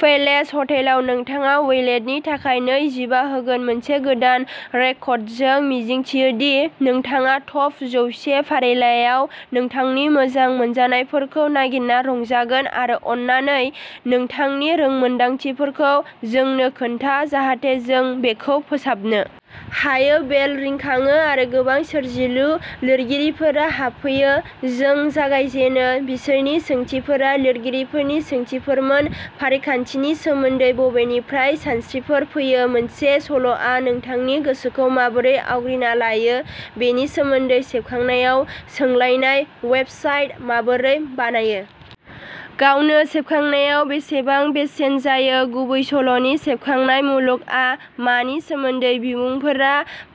palace ह'टेलाव नोंथाङा वैलेटनि थाखाय नै जिबा होगोन मोनसे गोदान रेकर्ड जों मिजिंथियो दि नोंथाङा टप जौवसे फारिलाइयाव नोंथांनि मोजां मोनजानायफोरखौ नागिरना रंजागोन आरो अन्नानै नोंथांनि रोंमोनदांथिफोरखौ जोंनो खोन्था जाहाथे जों बेखौ फोसाबनो हायो बेल रिंखाङो आरो गोबां सोरजिलु लिरगिरिफोरा हाबफैयो जों जागायजेनो बिसोरनि सोंथिफोरा लिरगिरिफोरनि सोंथिफोरमोन फारिखान्थिनि सोमोन्दै बबेनिफ्राय सानस्रिफोर फैयो मोनसे सल'आ नोंथांनि गोसोखौ माबोरै आवग्रिना लायो बेनि सोमोन्दै सेबखांनायाव सोलायनाय वेबसाइट माबोरै बानायो गावनो सेबखांनायाव बेसेबां बेसेन जायो गुबैसल'नि सेबखांनाय मुलुगआ मानि सोमोन्दै बिमुंफोरा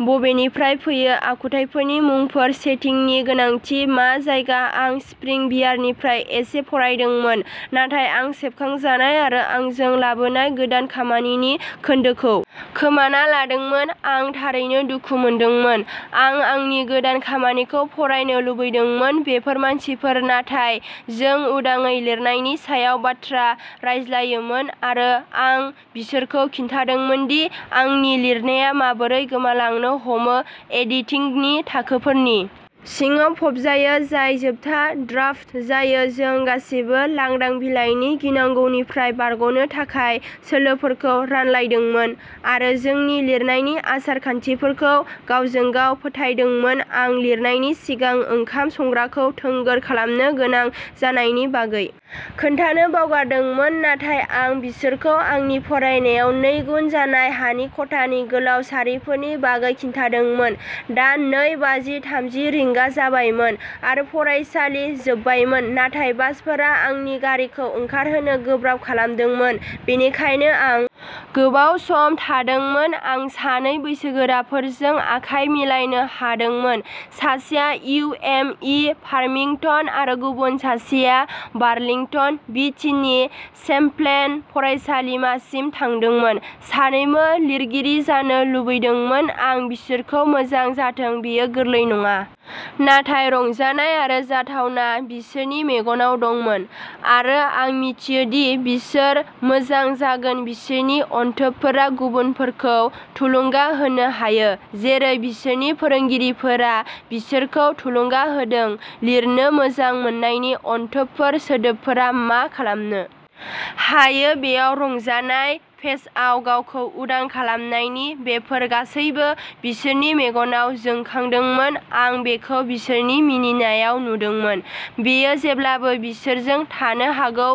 बबेनिफ्राय फैयो आखुथाइफोरनि मुंफोर सेटिंनि गोनांथि मा जायगा आं स्प्रिं बियारनिफ्राय एसे फरायदोंमोन नाथाय आं सेबखांजानाय आरो आंजों लाबोनाय गोदान खामानिनि खोन्दोखौ खोमाना लादोंमोन आं थारैनो दुखु मोनदोंमोन आं आंनि गोदान खामानिखौ फरायनो लुबैदोंमोन बेफोर मानसिफोर नाथाय जों उदाङै लिरनायनि सायाव बाथ्रा रायज्लायोमोन आरो आं बिसोरखौ खिन्थादोंमोन दि आंनि लिरनाया माबोरै गोमालांनो हमो एडिटिंगनि थाखोफोरनि सिङाव फबजायो जाय जोबथा ड्राफ्ट जायो जों गासिबो लांदां बिलाइनि गिनांगौनिफ्राय बारग'नो थाखाय सोलोफोरखौ रानलायदोंमोन आरो जोंनि लिरनायनि आसार खान्थिफोरखौ गावजों गाव फोथायदोंमोन आं लिरनायनि सिगां ओंखाम संग्राखौ थोंगोर खालामनो गोनां जानायनि बागै खोन्थानो बावगारदोंमोन नाथाय आं बिसोरखौ आंनि फरायनायाव नैगुन जानाय हानि खथानि गोलाव सारिफोरनि बागै खिन्थादोंमोन दा नै बाजि थामजि रिंगा जाबायमोन आरो फरायसालि जोबबायमोन नाथाय बासफोरा आंनि गारिखौ ओंखारहोनो गोब्राब खालामदोंमोन बेनिखायनो आं गोबाव सम थादोंमोन आं सानै बैसोगोराफोरजों आखाय मिलायनो हादोंमोन सासेया इउ एम इ फार्मिंगटन आरो गुबुन सासेया बार्लिंटन भिटिनि चेम्प्लेन फरायसालिमासिम थांदोंमोन सानैबो लिरगिरि जानो लुबैदोंमोन आं बिसोरखौ मोजां जाथों बेयो गोरलै नङा नाथाय रंजानाय आरो जाथावना बिसोरनि मेगनाव दंमोन आरो आं मिथियो दि बिसोर मोजां जागोन बिसोरनि अनथोबफोरा गुबुनफोरखौ थुलुंगा होनो हायो जेरै बिसोरनि फोरोंगिरिफोरा बिसोरखौ थुलुंगा होदों लिरनो मोजां मोननायनि अनथोबफोर सोदोबफोरा मा खालामनो हायो बेयाव रंजानाय पेजआव गावखौ उदां खालामनायनि बेफोर गासैबो बिसोरनि मेगनाव जोंखांदोंमोन आं बेखौ बिसोरनि मिनिनायाव नुदोंमोन बेयो जेब्लाबो बिसोरजों थानो हागौ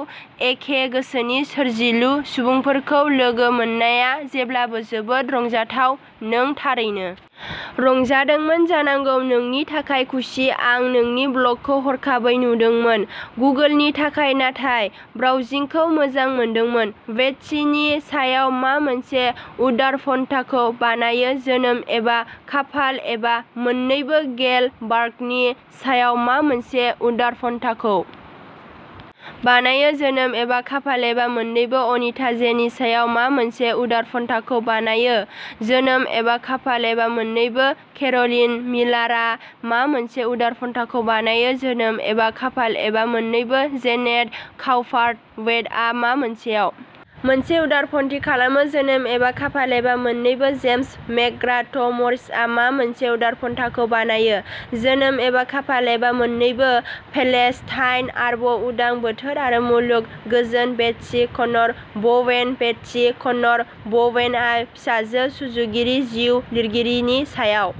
एखे गोसोनि सोरजिलु सुबुंफोरखौ लोगो मोननाया जेब्लाबो जोबोद रंजाथाव नों थारैनो रंजादोंमोन जानांगौ नोंनि थाखाय खुसि आं नोंनि ब्लगखौ हरखाबै नुदोंमोन गुगोलनि थाखाय नाथाय ब्राउजिंखौ मोजां मोनदोंमोन बेट्सीनि सायाव मा मोनसे उदारपन्थाखौ बानायो जोनोम एबा खाफाल एबा मोन्नैबो गेल बार्कनि सायाव मा मोनसे उदारपन्थाखौ बानायो जोनोम एबा खाफाल एबा मोन्नैबो अनिता जेनि सायाव मा मोनसे उदारपन्थाखौ बानायो जोनोम एबा खाफाल एबा मोन्नैबो केर'लिन मिलारआ मा मोनसे उदारपन्थाखौ बानायो जोनोम एबा खाफाल एबा मोन्नैबो जेनेट काउपार्थवेटआ मा मोनसेआव मोनसे उदारपन्थी खालामो जोनोम एबा खाफाल एबा मोननैबो जेम्स मेकग्राथ मरिसआ मा मोनसे उदारपन्थाखौ बानायो जोनोम एबा खाफाल एबा मोन्नैबो पेलेस्टाइन आरब उदां बोथोर आरो मुलुग गोजोन-बेट्सी कनर बवेन बेटसी कनर बवेनआ फिसाजो सुजुगिरि जिउ लिरगिरिनि सायाव